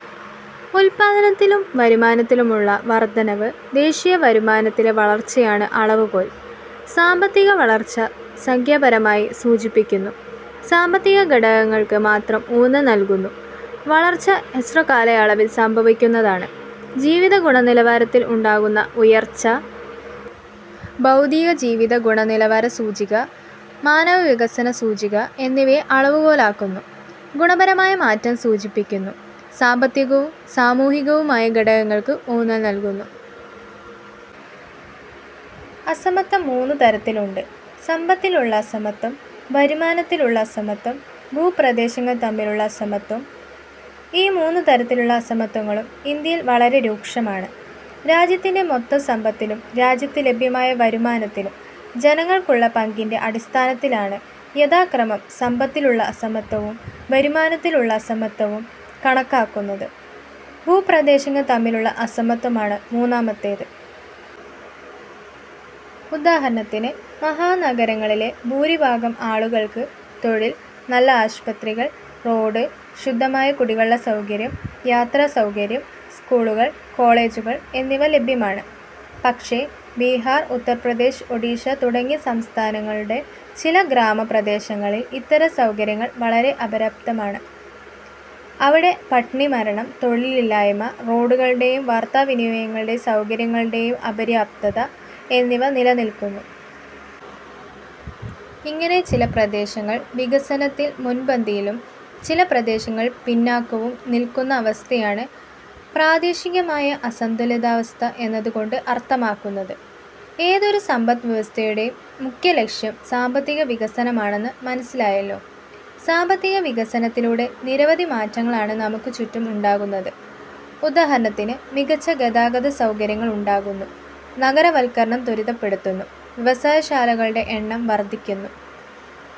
ഉൽപ്പാദനത്തിലും വരുമാനത്തിലുമുള്ള വർധനവ്. ദേശീയവരുമാനത്തിലെ വളർച്ചയാണ് അളവുകോൽ. സാമ്പത്തികവളർച്ച സംഖ്യാപരമായി സൂചിപ്പിക്കുന്നു. സാമ്പത്തികഘടകങ്ങൾക്ക് മാത്രം ഊന്നൽ നൽകുന്നു. വളർച്ച ഹ്രസ്വകാലയളവിൽ സംഭവിക്കുന്നതാണ്. ജീവിതഗുണനിലവാരത്തിൽ ഉണ്ടാകുന്ന ഉയർച്ച. ഭൗതികജീവിതഗുണനിലവാര സൂചിക, മാനവവികസന സൂചിക എന്നിവയെ അളവുകോലാക്കുന്നു. ഗുണപരമായ മാറ്റം സൂചിപ്പിക്കുന്നു. സാമ്പത്തികവും സാമൂഹികവുമായ ഘടകങ്ങൾക്ക് ഊന്നൽ നൽകുന്നു. അസമത്വം മൂന്നു തരത്തിലുണ്ട്. സമ്പത്തിലുള്ള അസമത്വം. വരുമാനത്തിലുള്ള അസമത്വം. ഭൂപ്രദേശങ്ങൾ തമ്മിലുള്ള അസമത്വം ഈ മൂന്നു തരത്തിലുള്ള അസമത്വങ്ങളും ഇന്ത്യയിൽ വളരെ രൂക്ഷമാണ്. രാജ്യത്തിന്റെ മൊത്തം സമ്പത്തിലും രാജ്യത്ത് ലഭ്യമായ വരുമാനത്തിലും ജനങ്ങൾക്കുള്ള പങ്കിന്റെ അടിസ്ഥാനത്തിലാണ് യഥാക്രമം സമ്പത്തിലുള്ള അസമത്വവും വരുമാനത്തിലുള്ള അസമത്വവും കണക്കാക്കുന്നത്. ഭൂപ്രദേശങ്ങൾ തമ്മിലുള്ള അസമത്വമാണ് മൂന്നാമത്തേത്. ഉദാഹരണത്തിന് മഹാനഗരങ്ങളിലെ ഭൂരിഭാഗം ആളുകൾക്ക് തൊഴിൽ, നല്ല ആശുപത്രികൾ, റോഡ്, ശുദ്ധമായ കുടിവെള്ള സൗകര്യം, യാത്രാസൗകര്യം, സ്കൂളുകൾ, കോളേജുകൾ, എന്നിവ ലഭ്യമാണ്. പക്ഷേ, ബിഹാർ, ഉത്തർപ്രദേശ്, ഒഡിഷ തുടങ്ങിയ സംസ്ഥാനങ്ങളുടെ ചില ഗ്രാമപ്രദേശങ്ങളിൽ ഇത്തരം സൗകര്യങ്ങൾ വളരെ അപര്യാപ്തമാണ്. അവിടെ പട്ടിണിമരണം, തൊഴിലില്ലായ്മ, റോഡുകളുടെയും വാർത്താവിനിമയങ്ങളുടെ സൗകര്യങ്ങളുടെയും അപര്യാപ്തത എന്നിവ നിലനിൽക്കുന്നു. ഇങ്ങനെ ചില പ്രദേശങ്ങൾ വികസനത്തിൽ മുൻപന്തിയിലും ചില പ്രദേശങ്ങൾ പിന്നാക്കവും നിൽക്കുന്ന അവസ്ഥയാണ് പ്രാദേശികമായ അസന്തുലിതാവസ്ഥ എന്നതുകൊണ്ട് അർഥമാക്കുന്നത്. ഏതൊരു സമ്പദ്വ്യവസ്ഥയുടെയും മുഖ്യ ലക്ഷ്യം സാമ്പത്തികവികസനമാണെന്ന് മനസ്സിലായല്ലോ. സാമ്പത്തികവികസനത്തിലൂടെ നിരവധി മാറ്റങ്ങളാണ് നമുക്ക് ചുറ്റും ഉണ്ടാകുന്നത്. ഉദാഹരണത്തിന്, മികച്ച ഗതാഗതസൗകര്യങ്ങൾ ഉണ്ടാകുന്നു. നഗരവൽക്കരണം ത്വരിതപ്പെടുന്നു. വ്യവസായശാലകളുടെ എണ്ണം വർധിക്കുന്നു.